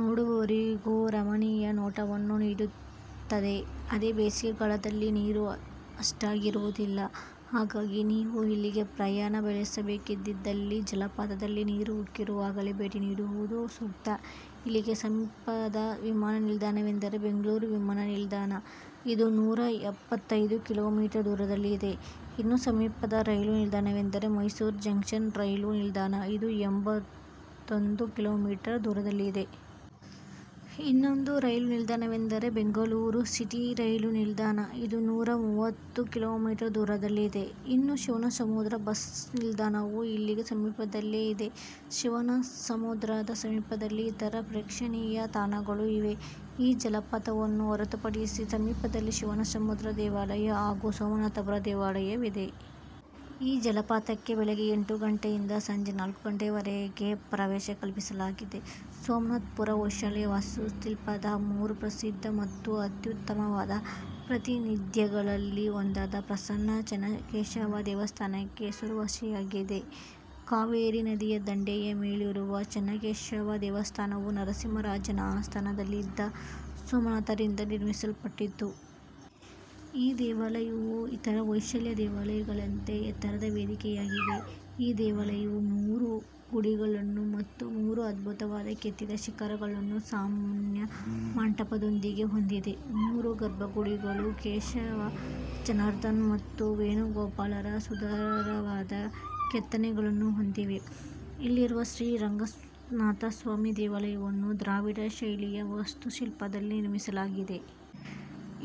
ನೋಡುಗರಿಗೂ ರಮಣೀಯ ನೋಟವನ್ನು ನೀಡುತ್ತದೆ. ಅದೇ ಬೇಸಿಗೆಗಾಲದಲ್ಲಿ ನೀರು ಅಷ್ಟಾಗಿ ಇರೋದಿಲ್ಲ. ಹಾಗಾಗಿ ನೀವು ಇಲ್ಲಿಗೆ ಪ್ರಯಾಣ ಬೆಳೆಸಬೇಕೆಂದಿದ್ದಲ್ಲಿ ಜಲಪಾತದಲ್ಲಿ ನೀರು ಉಕ್ಕಿರುವಾಗಲೇ ಭೇಟಿ ನೀಡುವುದು ಸೂಕ್ತ. ಇಲ್ಲಿಗೆ ಸಮೀಪದ ವಿಮಾನ ನಿಲ್ದಾಣವೆಂದರೆ ಬೆಂಗಳೂರು ವಿಮಾನ ನಿಲ್ದಾಣ. ಇದು ನೂರ ಎಪ್ಪತ್ತೈದು ಕಿಲೋಮೀಟರ್ ದೂರದಲ್ಲಿದೆ. ಇನ್ನು ಸಮೀಪದ ರೈಲು ನಿಲ್ದಾಣವೆಂದರೆ ಮೈಸೂರು ಜಂಕ್ಷನ್ ರೈಲು ನಿಲ್ದಾಣ ಇದು ಎಂಬತ್ತೊಂದು ಕಿಲೋಮೀಟರ್ ದೂರದಲ್ಲಿದೆ. ಇನ್ನೊಂದು ರೈಲು ನಿಲ್ದಾಣವೆಂದರೆ ಬೆಂಗಳೂರು ಸಿಟಿ ರೈಲು ನಿಲ್ದಾಣ ಇದು ನೂರ ಮೂವತ್ತು ಕಿಲೋಮೀಟರ್ ದೂರದಲ್ಲಿದೆ. ಇನ್ನು ಶಿವನಸಮುದ್ರ ಬಸ್ ನಿಲ್ದಾಣವು ಇಲ್ಲಿಗೆ ಸಮೀಪದಲ್ಲೇ ಇದೆ. ಶಿವನಸಮುದ್ರದ ಸಮೀಪದಲ್ಲಿ ಇತರ ಪ್ರೇಕ್ಷಣೀಯ ತಾಣಗಳೂ ಇವೆ. ಈ ಜಲಪಾತವನ್ನು ಹೊರತುಪಡಿಸಿ ಸಮೀಪದಲ್ಲಿ ಶಿವನಸಮುದ್ರ ದೇವಾಲಯ ಹಾಗೂ ಸೋಮನಾಥಪುರ ದೇವಾಲಯವಿದೆ. ಈ ಜಲಪಾತಕ್ಕೆ ಬೆಳಗ್ಗೆ ಎಂಟು ಗಂಟೆಯಿಂದ ಸಂಜೆ ನಾಲ್ಕು ಗಂಟೆಯವರೆಗೆ ಪ್ರವೇಶ ಕಲ್ಪಿಸಲಾಗಿದೆ. ಸೋಮನಾಥ್ಪುರ್ ಹೊಯ್ಸಳ ವಾಸ್ತುಶಿಲ್ಪದ ಮೂರು ಪ್ರಸಿದ್ಧ ಮತ್ತು ಅತ್ಯುತ್ತಮವಾದ ಪ್ರಾತಿನಿಧ್ಯಗಳಲ್ಲಿ ಒಂದಾದ ಪ್ರಸನ್ನ ಚೆನ್ನಕೇಶವ ದೇವಸ್ಥಾನಕ್ಕೆ ಹೆಸರುವಾಸಿಯಾಗಿದೆ. ಕಾವೇರಿ ನದಿಯ ದಂಡೆಯ ಮೇಲಿರುವ ಚೆನ್ನಕೇಶವ ದೇವಸ್ಥಾನವು ನರಸಿಂಹ ರಾಜನ ಆಸ್ಥಾನದಲ್ಲಿದ್ದ ಸೋಮನಾಥರಿಂದ ನಿರ್ಮಿಸಲ್ಪಟ್ಟಿತು. ಈ ದೇವಾಲಯವು ಇತರ ಹೊಯ್ಸಳ ದೇವಾಲಯಗಳಂತೆ ಎತ್ತರದ ವೇದಿಕೆಯಾಗಿದೆ. ಈ ದೇವಾಲಯವು ಮೂರು ಗುಡಿಗಳನ್ನು ಮತ್ತು ಮೂರು ಅದ್ಭುತವಾದ ಕೆತ್ತಿದ ಶಿಖರಗಳನ್ನು ಸಾಮಾನ್ಯ ಮಂಟಪದೊಂದಿಗೆ ಹೊಂದಿದೆ. ಮೂರು ಗರ್ಭಗುಡಿಗಳು ಕೇಶವ, ಜನಾರ್ಧನ ಮತ್ತು ವೇಣುಗೋಪಾಲರ ಸುಂದರವಾದ ಕೆತ್ತನೆಗಳನ್ನು ಹೊಂದಿವೆ. ಇಲ್ಲಿರುವ ಶ್ರೀ ರಂಗನಾಥಸ್ವಾಮಿ ದೇವಾಲಯವನ್ನು ದ್ರಾವಿಡ ಶೈಲಿಯ ವಾಸ್ತುಶಿಲ್ಪದಲ್ಲಿ ನಿರ್ಮಿಸಲಾಗಿದೆ.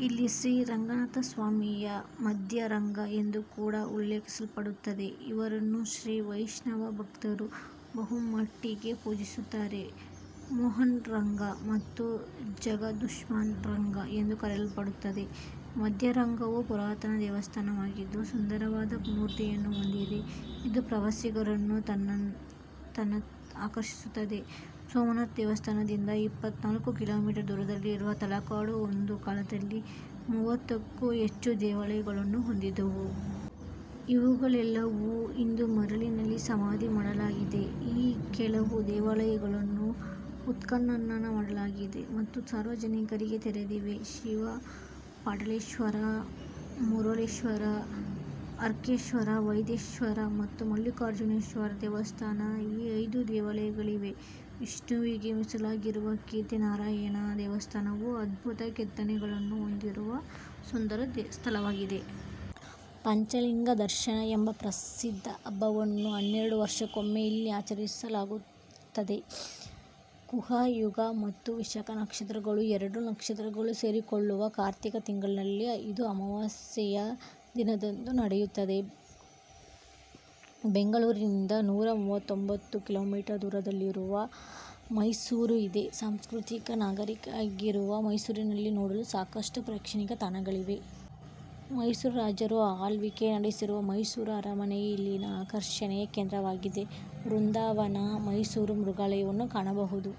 ಇಲ್ಲಿ ಶ್ರೀ ರಂಗನಾಥಸ್ವಾಮಿಯು "ಮಧ್ಯ ರಂಗ" ಎಂದು ಕೂಡ ಉಲ್ಲೇಖಿಸಲ್ಪಡುತ್ತದೆ. ಇವರನ್ನು ಶ್ರೀ ವೈಷ್ಣವ ಭಕ್ತರು ಬಹುಮಟ್ಟಿಗೆ ಪೂಜಿಸುತ್ತಾರೆ. ಮೋಹನ ರಂಗ ಮತ್ತು ಜಗದ್ಮೋಹನ ರಂಗ ಎಂದು ಕರೆಯಲ್ಪಡುತ್ತದೆ. ಮಧ್ಯ ರಂಗವು ಪುರಾತನ ದೇವಸ್ಥಾನವಾಗಿದ್ದು ಸುಂದರವಾದ ಮೂರ್ತಿಯನ್ನು ಹೊಂದಿದೆ. ಇದು ಪ್ರವಾಸಿಗರನ್ನು ತನ್ನತ್ತ ಆಕರ್ಷಿಸುತ್ತದೆ. ಸೋಮನಾಥ ದೇವಸ್ಥಾನದಿಂದ ಇಪ್ಪತ್ನಾಲ್ಕು ಕಿಲೋಮೀಟರ್ ದೂರದಲ್ಲಿರುವ ತಲಕಾಡು ಒಂದು ಕಾಲದಲ್ಲಿ ಮೂವತ್ತಕ್ಕೂ ಹೆಚ್ಚು ದೇವಾಲಯಗಳನ್ನು ಹೊಂದಿದ್ದವು. ಇವುಗಳೆಲ್ಲಾ ಇಂದು ಮರಳಿನಲ್ಲಿ ಸಮಾಧಿ ಮಾಡಲಾಗಿದೆ. ಈ ಕೆಲವು ದೇವಾಲಯಗಳನ್ನು ಉತ್ಖನನ ಮಾಡಲಾಗಿದೆ ಮತ್ತು ಸಾರ್ವಜನಿಕರಿಗೆ ತೆರೆದಿವೆ. ಶಿವ ಪಾಠಲೇಶ್ವರ, ಮರೂಲೆಶ್ವರ, ಅರ್ಕೇಶ್ವರ, ವೈದೇಶ್ವರ ಮತ್ತು ಮಲ್ಲಿಕಾರ್ಜುನೇಶ್ವರ ದೇವಸ್ಥಾನ ಈ ಐದು ದೇವಾಲಯಗಳಿವೆ. ವಿಷ್ಣುವಿಗೆ ಮೀಸಲಾಗಿರುವ ಕೀರ್ತಿನಾರಾಯಣ ದೇವಸ್ಥಾನವು ಅದ್ಭುತ ಕೆತ್ತನೆಗಳನ್ನು ಹೊಂದಿರುವ ಸುಂದರ ಸ್ಥಳವಾಗಿದೆ. ಪಂಚ ಲಿಂಗ ದರ್ಶನ ಎಂಬ ಪ್ರಸಿದ್ಧ ಹಬ್ಬವನ್ನು ಹನ್ನೆರಡು ವರ್ಷಕ್ಕೊಮ್ಮೆ ಇಲ್ಲಿ ಆಚರಿಸಲಾಗುತ್ತದೆ. ಖುಹಾ ಯೋಗ ಮತ್ತು ವಿಶಾಕ ನಕ್ಷತ್ರಗಳು ಎರಡು ನಕ್ಷತ್ರಗಳು ಸೇರಿಕೊಳ್ಳುವಾಗ ಕಾರ್ತಿಕಾ ತಿಂಗಳಲ್ಲಿ ಇದು ಅಮಾವಾಸ್ಯೆಯ ದಿನದಂದು ನಡೆಯುತ್ತದೆ. ಬೆಂಗಳೂರಿನಿಂದ ನೂರ ಮೂವತ್ತೊಂಬತ್ತು ಕಿಲೋಮೀಟರ್ ದೂರದಲ್ಲಿ ಮೈಸೂರು ಇದೆ. ಸಾಂಸ್ಖೃತಿಕ ನಗರಿಯಾಗಿರುವ ಮೈಸೂರಿನಲ್ಲಿ ನೋಡಲು ಸಾಕಷ್ಟು ಪ್ರೇಕ್ಷಣೀಯ ತಾಣಗಳಿವೆ. ಮೈಸೂರು ರಾಜರು ಆಳ್ವಿಕೆ ನಡೆಸಿರುವ ಮೈಸೂರು ಅರಮನೆಯು ಇಲ್ಲಿನ ಆಕರ್ಷಣೆಯ ಕೇಂದ್ರವಾಗಿದೆ. ವೃಂದಾವನ, ಮೈಸೂರು ಮೃಗಾಲಯವನ್ನು ಕಾಣಬಹುದು.